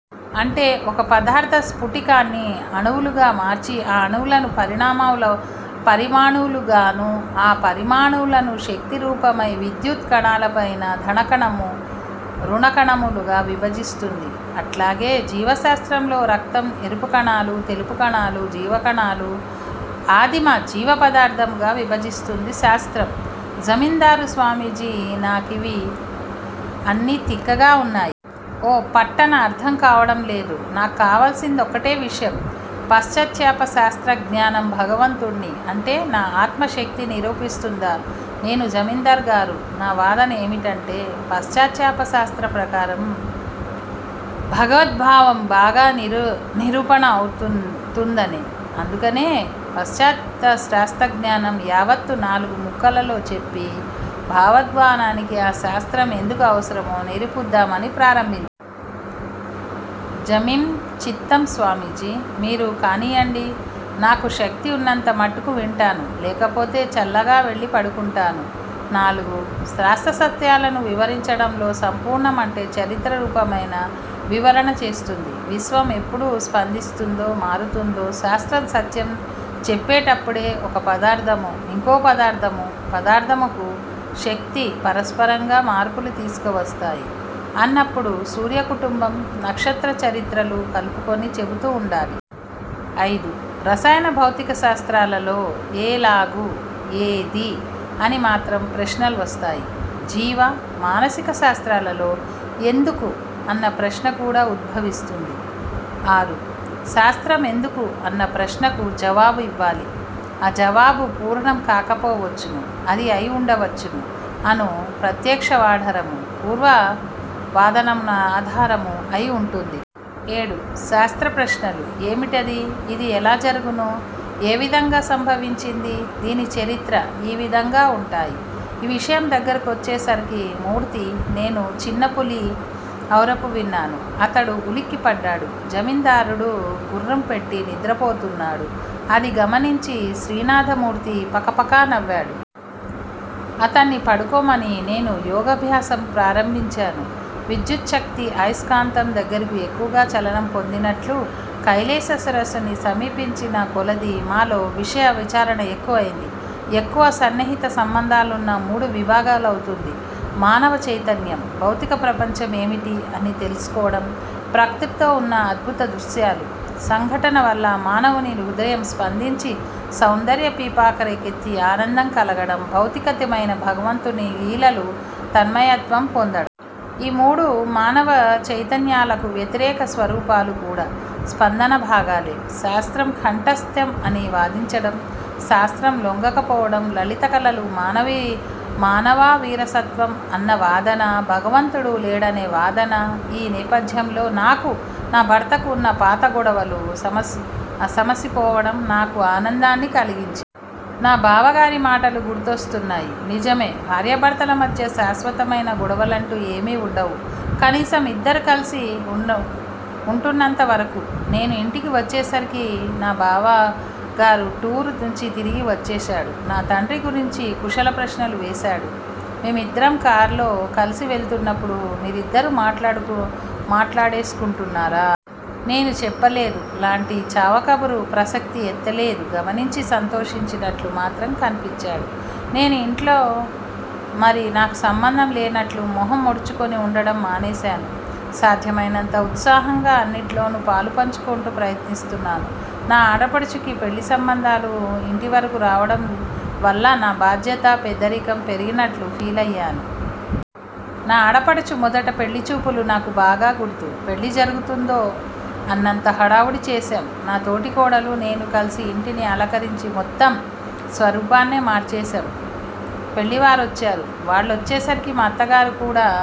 అంటే ఒక పదార్ధ స్పటికాన్ని అణువులుగా మార్చి, ఆ అణువులను పరమాణువులుగానూ, ఆ పరమాణువులను శక్తి రూపమై విద్యుత్ కణాలైన ధనకణము, రుణకణము లుగా విభజిస్తుంది. అల్లాగే జీవశాస్త్రంలో రక్తం ఎరుపు కణాలు, తెలుపు కణాలు, జీవకణాలు ఆదిమ జీవపదార్ధము గా విభజిస్తుంది శాస్త్రం. జమీందారు స్వామీజీ నా కివి అన్నీ తిక్కగా ఉన్నాయి. ఓ పట్టా న అర్ధం కావటంలేదు. నాకు కావలసింది ఒక్కటే విషయం. పాశ్చాత్య శాస్త్రజ్ఞానం భగవంతుణ్ని, అంటే ఆత్మశక్తిని నిరూపిస్తుందా? నేను: జమీందారుగారూ! నా వాదన ఏమిటంటే, పాశ్చాత్యశాస్త్ర ప్రకారం భగవద్బావం బాగా నిరూపణ అవుతుందనే! అందుకనే పాశ్చత్య శాస్త్రజ్ఞానం యావత్తూ నాలుగు ముక్కలలో చెప్పి, భగవద్భావానికి ఆ శాస్త్రం ఎందుకు అవసరమో నిరూపిద్దామని ప్రారంభిం జమీం: చిత్తం స్వామీజీ! మీరు కానీయండి. నాకు శక్తి ఉన్నంత మట్టుకు వింటాను. లేకపోతే చల్లగావెళ్ళి పడుకుంటాను. ''నాలుగు: శాస్త్ర సత్యాలను వివరించడంలో సంపూర్ణ, అంటే చరిత్ర రూపమైన, వివరణ చేస్తుంది. విశ్వం ఎప్పుడూ స్పందిస్తోంది, మారుతోంది. శాస్త్రం సత్యం చెప్పేటప్పుడు ఒక పదార్ధమూ, ఇంకోపదార్ధమూ, పదార్ధమూ, శక్తీ పరస్పరంగా మార్పులు తీసుకువస్తాయి అన్నప్పుడు సూర్యకుటుంబ, నక్షత్ర చరిత్రలు కలుపుకొని చెబుతూ ఉండాలి. అయిదు: రసాయన భౌతిక శాస్త్రాలలో ''ఏలాగు '', ''ఏది'' అని మాత్రం ప్రశ్నలు వస్తాయి. జీవ, మానసిక శాస్త్రాలలో ''ఎందుకు ''అన్న ప్రశ్న కూడా ఉద్భవిస్తుంది. ఆరు: శాస్త్రం ఎందుకు అన్న ప్రశ్నకు జవాబు ఇవ్వాలి. ఆ జవాబు పూర్ణం కాకపోవచ్చును. ఇది అయివుండవచ్చును అను ప్రత్యక్షవాదాఢారము, పూర్వవాదానుమానాధారము అయివుంటుంది. ఏడు: శాస్త్ర ప్రశ్నలు, ''ఏమిటిది'' ''ఇది ఎలా జరుగును? '' ''ఏ విధంగా సంభవించింది? '' ''దీని చరిత్ర? ఈవిధంగా వుంటాయి. '' ఈవిషయం దగ్గరకు వచ్చేసరికి మూర్తీ, నేనూ చిన్నపులి అఱుపు విన్నాము. అతడు ఉలికిపడ్డాడు. జమీందారుడు గుఱ్ఱు పెట్టి నిద్రపోతున్నాడు. అది గమనించి శ్రీనాథమూర్తి పకపక నవ్వాడు. అతన్ని పడుకోమని నేను యోగాభ్యాసం ప్రారంభించాను. విద్యుచ్చక్తి, అయస్కాంతం దగ్గరకు ఎక్కువ చలనం పొందినట్లుగా, కైలసేశ్వరుని సమీపించిన కొలదీ మాలో విషయ విచారణ ఎక్కువైంది. ఎక్కువ సన్నిహిత సంబంధాలున్న మూడు విభాగాలవుతుంది మానవ చైతన్యం. భౌతిక ప్రపంచం ఏమిటి అని తెలుసుకోవడం ప్రకృతిలో ఉన్న అద్భుతదృశ్యాలు, సంఘటనవల్ల మానవునిలో హృదయం స్పందించి, సౌందర్య పిపాస రేకెత్తి ఆనందం కలగడం, భౌతికాతీతమైన భగవంతుని లీలలో తన్మయత్వం పొందడం. ఈ మూడు మానవ చైతన్యాలకూ వ్యతిరేక స్వరూపాలు కూడా స్పందన భాగాలే. శాస్త్రం ఖండసత్యం అని వాదించడం, శాస్త్రం లొంగకపోవడం, లలిత కళలు మానవనీరసత్వం అన్నవాదన, భగవంతుడు లేడనువాదన. ఆ నేపథ్యంలో నాకూ, నా భర్తకూ వున్న పాత గొడవలు సమసిపోవడం నాకు ఆనందాన్ని కలిగించింది. నా బావగారి మాటలు గుర్తొచ్చాయి. నిజమే భార్యాభర్తల మధ్య శాశ్వతమైన గొడవలంటూ ఏవీ వుండవు. కనీసం ఇద్దరూ కలిసి వుంటున్నంతవరకూ! నేను ఇంటికి వచ్చేసరికి నా బావగారు టూర్ నుంచి తిరిగి వచ్చేశాడు. నా తండ్రి గురించి కుశల ప్రశ్నలు వేశాడు. మేమిద్దరం కారులో కలిసి వెళ్తున్నప్పుడు మీరిద్దరూ మాట్లాడేసుకుంటున్నారా? నేను చెప్పలేదూ! లాంటి చవకబారు ప్రసక్తి ఎత్తలేదు. గమనించి సంతోషించినట్టు మాత్రం కనిపించాడు. నేను ఇంట్లో మరీ నాకు సంబంధం లేనట్లూ, మొహం ముడుచుకునీ వుండడం మానేశాను. సాధ్యమైనంత ఉత్సాహంగా అన్నింటిలోనూ పాలుపంచుకోవాలని ప్రయత్నిస్తున్నాను. నా ఆడపడుచుకి పెళ్ళి సంబంధాలు ఇంటివరకూ రావడం వల్ల నా బాధ్యత, పెద్దరికం పెరిగినట్టు ఫీలయ్యాను. నా ఆడపడుచు మొదటి పెళ్ళిచూపులు నాకు బాగా గుర్తు. పెళ్ళి జరుగుతోందా అన్నంత హడావుడి చేశాం. నా తోడికోడలూ, నేనూ కలిసి యింటిని అలంకరించి మొత్తం స్వరూపాన్నే మార్చేశాం. పెళ్ళివారొచ్చారు. వాళ్ళొచ్చేసరికి నా అత్తగారు కూడా